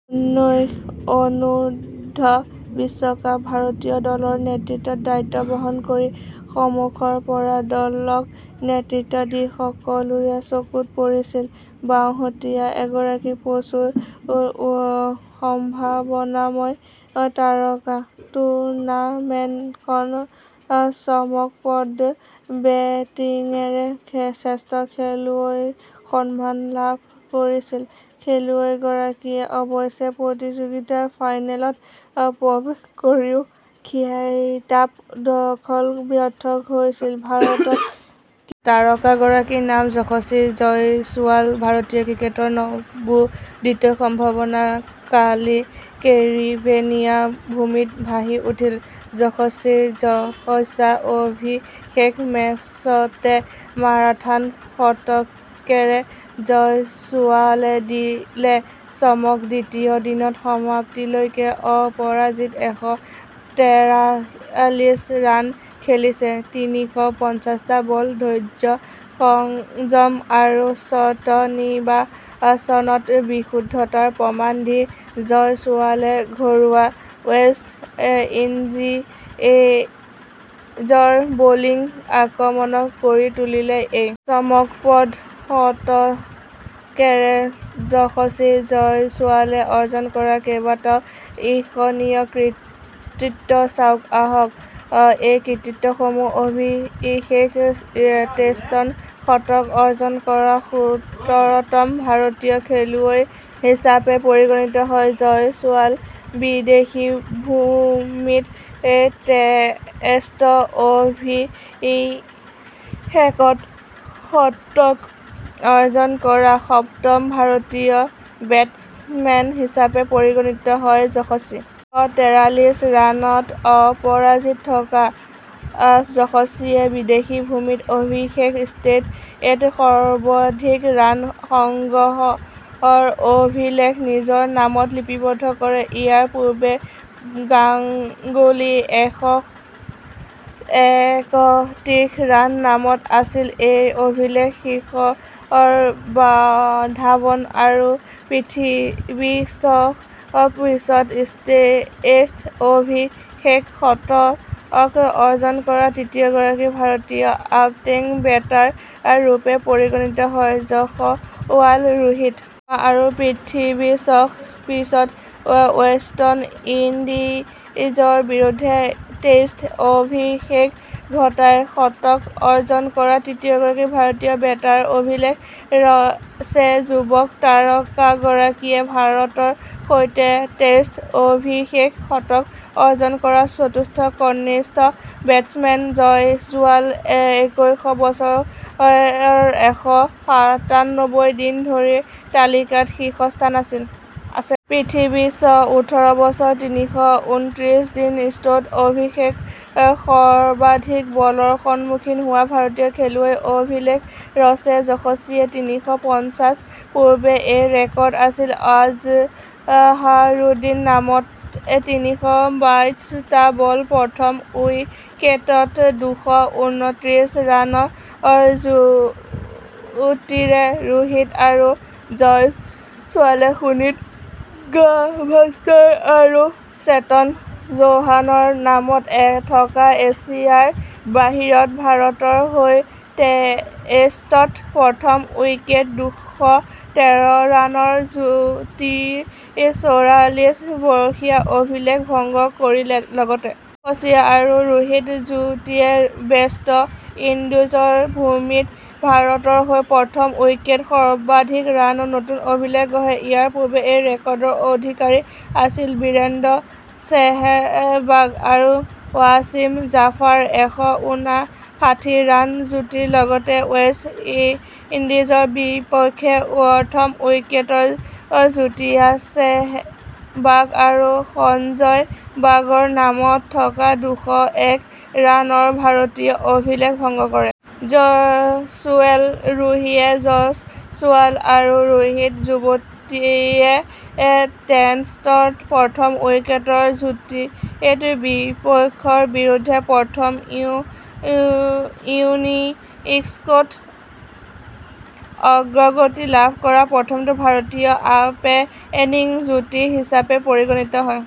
ঊনৈশ অনুৰ্ধ বিশ্বকাপ ভাৰতীয় দলৰ নেতৃত্বৰ দায়িত্ব বহন কৰি সমুখৰ পৰা দলক নেতৃত্ব দি সকলোৰে চকুত পৰিছিল বাওঁহতীয়া এগৰাকী প্ৰচুৰ সম্ভাৱনাময় তাৰকা। টুৰ্ণামেণ্টখনত চমকপ্ৰদ বেটিঙেৰে শ্ৰেষ্ঠ খেলুৱৈৰ সন্মান লাভ কৰিছিল খেলুৱৈগৰাকীয়ে। অৱশ্যে প্ৰতিযোগিতাৰ ফাইনেলত প্ৰৱেশ কৰিও খিতাপ দখলত ব্যৰ্থ হৈছিল ভাৰত। কিন্তু তাৰকাগৰাকী নাম যশস্বী জয়ছোৱাল ভাৰতীয় ক্ৰিকেটৰ নৱোদিত সম্ভাৱনা। কালি কেৰিবিয়ান ভূমিত ভাহি উঠিল যশস্বীৰ যশস্যা অভিষেক মেচতে মাৰাথান শতকেৰে জয়ছোৱালে দিলে চমক দ্বিতীয় দিনৰ সমাপ্তিলৈকে অপৰাজিত এশ তেৰাল্লিছ ৰান খেলিছে তিনিশ পঞ্চাছটা বল ধৈৰ্য সংযম আৰু শ্বট নিৰ্বাচনত বিশুদ্ধতাৰ প্ৰমাণ দি জয়ছোৱালে ঘৰুৱা ৱেষ্ট ইণ্ডিজৰ বলিং আক্ৰমণক কৰি তুলিলে ।এই চমকপ্ৰদ শতকেৰে যশস্বী জয়ছোৱালে অৰ্জন কৰে কেইবাটাও ঈৰ্ষণীয় কৃতিত্ব ।চাওঁ আহক, এই কৃতিত্বসমূহ অভিষেক টেষ্টত শতক অৰ্জন কৰা সোতৰতম ভাৰতীয় খেলুৱৈ হিচাপে পৰিগণিত হয় জয়ছোৱাল। বিদেশী ভূমিত টেষ্ট অভিষেকত শতক অৰ্জন কৰা সপ্তম ভাৰতীয় বেটছমেন হিচাপে পৰিগণিত হয় যশস্বী। এশ তেৰাল্লিচ ৰানত অপৰাজিত থকা যশস্বীয়ে বিদেশী ভূমিত অভিষেক টেষ্টত সৰ্বাধিক ৰান সংগ্ৰহৰ অভিলেখ নিজৰ নামত লিপিবদ্ধ কৰে। ইয়াৰ পূৰ্বে গাংগুলী এশ একত্ৰিশ ৰান নামত আছিল এই অভিলেখ শিখৰ ধাৱন আৰু পৃথ্বী শ্ব পিছত টেষ্ট অভিষেকত শতক অৰ্জন কৰা তৃতীয়গৰাকী ভাৰতীয় অপেনিং বেটাৰ ৰূপে পৰিগণিত হয় জয়ছোৱাল। ৰোহিত শৰ্মা আৰু পৃথ্বী শ্ব পিছত ৱেষ্ট ইণ্ডিজৰ বিৰুদ্ধে টেষ্ট অভিষেক ঘটাই শতক অৰ্জন কৰা তৃতীয়গৰাকী ভাৰতীয় বেটাৰৰ অভিলেখ ৰচে যুৱ তাৰকাগৰাকীয়ে। ভাৰতৰ হৈ টেষ্ট অভিষেকত শতক অৰ্জন কৰা চতুৰ্থ কনিষ্ঠ বেটছমেন জয়ছোৱাল একৈছ বছৰ এশ সাতানব্বৈ দিন এই তালিকাত শীৰ্ষস্থানত আছে। পৃথ্বী শ্ব ওঠৰ বছৰ তিনিশ উনত্ৰিচ দিন টেষ্ট অভিষেকত সৰ্বাধিক বলৰ সন্মুখীন হোৱা ভাৰতীয় খেলুৱৈৰ অভিলেখ ৰচে যশস্বীয়ে । তিনিশ পঞ্চাছ পূৰ্বে এই ৰেকৰ্ড আছিল আজহাৰুদ্দিনৰ নামত তিনিশ বাইছ টা বল প্ৰথম উইকেটত দুশ উনত্ৰিচ ৰানৰ যুটীৰে ৰোহিত আৰু জয়ছোৱালে সুনীল গাভাস্কাৰ আৰু চেতন চৌহানৰ নামত থকা এছিয়াৰ বাহিৰত ভাৰতৰ হৈ টেষ্টত প্ৰথম উইকেটৰ দুশ তেৰ ৰানৰ যুটীৰ চৌৰাল্লিছ বছৰীয়া অভিলেখ ভংগ কৰে। লগতে যশস্বী আৰু ৰোহিতৰ যুটীয়ে ৱেষ্ট ইণ্ডিজৰ ভূমিত ভাৰতৰ হৈ প্ৰথম উইকেটত সৰ্বাধিক ৰানৰ নতুন অভিলেখ গঢ়ে। ইয়াৰ পূৰ্বে এই ৰেকৰ্ডৰ অধিকাৰী আছিল বীৰেন্দ্ৰ ছেহৱাগ আৰু ৱাছিম জাফৰৰ এশ উনাষাঠি ৰান যুটী লগতে ৱেষ্ট ইণ্ডিজৰ বিপক্ষে প্ৰথম উইকেটৰ যুটীত ছেহৱাগ আৰু সঞ্জয় বাংগাৰৰ নামত থকা দুশ এক ৰানৰ ভাৰতীয় অভিলেখ ভংগ কৰে। জয়ছোৱাল ৰোহিতে জয়ছোৱাল আৰু ৰোহিতৰ যুটীয়ে টেষ্টত প্ৰথম উইকেটৰ যুটীত বিপক্ষৰ বিৰুদ্ধে প্ৰথম ইনিংছত অগ্ৰগতি লাভ কৰা প্ৰথমটো ভাৰতীয় অপেনিং যুটী হিচাপে পৰিগণিত হয়।